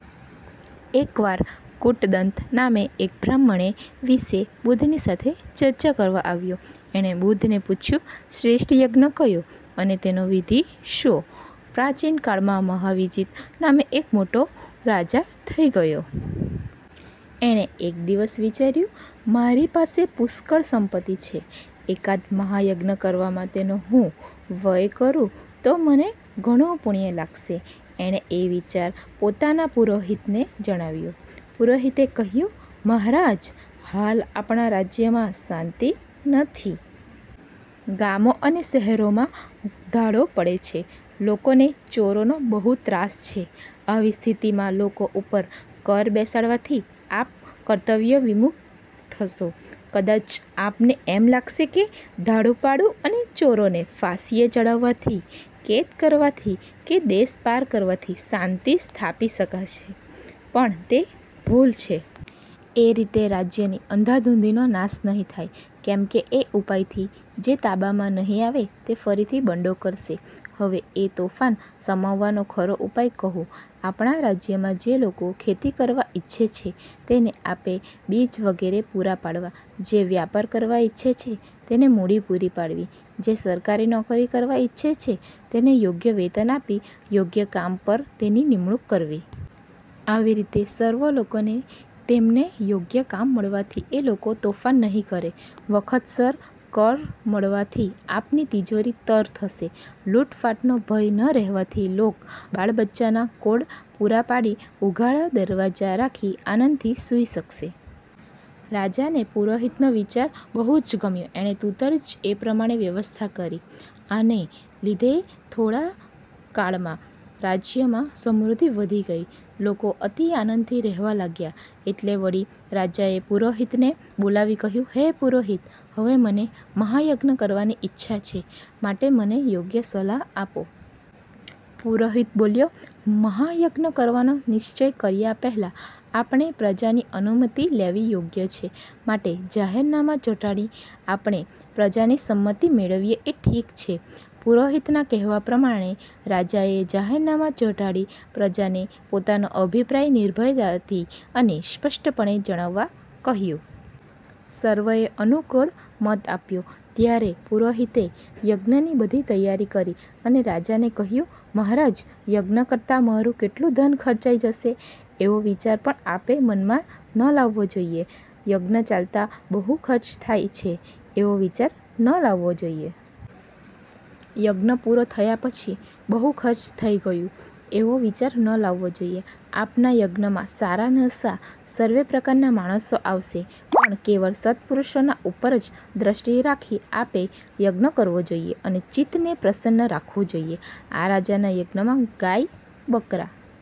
એક વાર કૂટદંત નામે એક બ્રાહ્મણ એ વિષે બુદ્ધની સાથે ચર્ચા કરવા આવ્યો. એણે બુદ્ધને પૂછ્યું, "શ્રેષ્ઠ યજ્ઞ કયો, અને તેનો વિધિ શો? " પ્રાચીન કાળમાં મહાવિજિત નામે એક મોટો રાજા થઇ ગયો. એણે એક દિવસ વિચાર્યું, 'મારી પાસે પુષ્કળ સંપત્તિ છે. એકાદ મહાયજ્ઞ કરવામાં તેનો હું વ્યય કરૂં તો મને ઘણું પુણ્ય લાગશે. ' એણે એ વિચાર પોતાના પુરોહિતને જણાવ્યો. પુરોહિતે કહ્યું, 'મહારાજ, હાલ આપણા રાજ્યમાં શાન્તિ નથી. ગામો અને શહેરોમાં ધાડો પડે છે; લોકોને ચોરોનો બહુ ત્રાસ છે. આવી સ્થિતિમાં લોકો ઉપર કર બેસાડવાથી આપ કર્તવ્ય વિમુખ થશો. કદાચ આપને એમ લાગશે કે ધાડુપાડુ અને ચોરોને ફાંસીએ ચડાવવાથી, કેદ કરવાથી કે દેશપાર કરવાથી શાન્તિ સ્થાપી શકાશે; પણ તે ભૂલ છે. એ રીતે રાજ્યની અંધાધુંધીનો નાશ નહિ થાય; કેમકે એ ઉપાયથી જે તાબામાં નહિ આવે તે ફરીથી બંડો કરશે. હવે એ તોફાન શમાવવાનો ખરો ઉપાય કહું. આપણા રાજ્યમાં જે લોકો ખેતી કરવા ઇચ્છે છે તેને આપે બીજ વગેરે પૂરાં પાડવાં; જે વ્યાપાર કરવા ઇચ્છે છે તેને મુડી પૂરી પાડવી; જે સરકારી નોકરી કરવા ઇચ્છે છે તેને યોગ્ય વેતન આપી યોગ્ય કામ પર તેની નીમણુક કરવી. આવી રીતે સર્વ લોકોને તેમને યોગ્ય કામ મળવાથી એ લોકો તોફાન નહિ કરે. વખતસર કર મળવાથી આપની તીજોરી તર થશે. લૂંટફાટનો ભય ન રહેવાથી લોક બાળબચ્ચાંના કોડ પૂરા પાડી ઉઘાડા દરવાજા રાખી આનંદથી સુઇ શકશે. ' રાજાને પુરોહિતનો વિચાર બહુજ ગમ્યો. એણે તુર્તજ એ પ્રમાણે વ્યવસ્થા કરી. આને લીધે થોડા કાળમાં રાજ્યમાં સમૃદ્ધિ વધી ગઈ. લોકો અતિ આનંદથી રહેવા લાગ્યા. એટલે વળી રાજાએ પુરોહિતને બોલાવી કહ્યું, 'હે પુરોહિત, હવે મને મહાયજ્ઞ કરવાની ઇચ્છા છે, માટે મને યોગ્ય સલાહ આપો. ' પુરોહિત બોલ્યો, 'મહાયજ્ઞ કરવાનો નિશ્ચય કર્યા પહેલાં આપણે પ્રજાની અનુમતિ લેવી યોગ્ય છે. માટે જાહેરનામાં ચોંટાડી આપણે પ્રજાની સંમતિ મેળવીયે એ ઠીક છે. ' પુરોહિતના કહેવા પ્રમાણે રાજાએ જાહેરનામાં ચોંટાડી પ્રજાને પોતાનો અભિપ્રાય નિર્ભયતાથી અને સ્પષ્ટપણે જણવવા કહ્યું. સર્વેએ અનુકૂળ મત આપ્યો. ત્યારે પુરોહિતે યજ્ઞની બધી તૈયારી કરી રાજાને કહ્યું, 'મહારાજ યજ્ઞ કરતાં મારૂં કેટલું ધન ખર્ચાઈ જશે એવો વિચાર પણ આપે મનમાં ન લાવવો જોઇયે; યજ્ઞ ચાલતાં બહુ ખર્ચ થાય છે એવો વિચાર ન લાવવો જોઇયે. યજ્ઞ પૂરો થયા પછી બહુ ખર્ચ થઈ ગયું એવો વિચાર ન લાવવો જોઇયે. આપના યજ્ઞમાં સારા-નરસા સર્વે પ્રકારના માણસો આવશે, પણ કેવળ સત્પુરુષોના ઉપર જ દૃષ્ટિ રાખી આપે યજ્ઞ કરવો જોઇયે, અને ચિત્તને પ્રસન્ન રાખવું જોઇયે. ' આ રાજાના યજ્ઞમાં ગાય, બકરાં,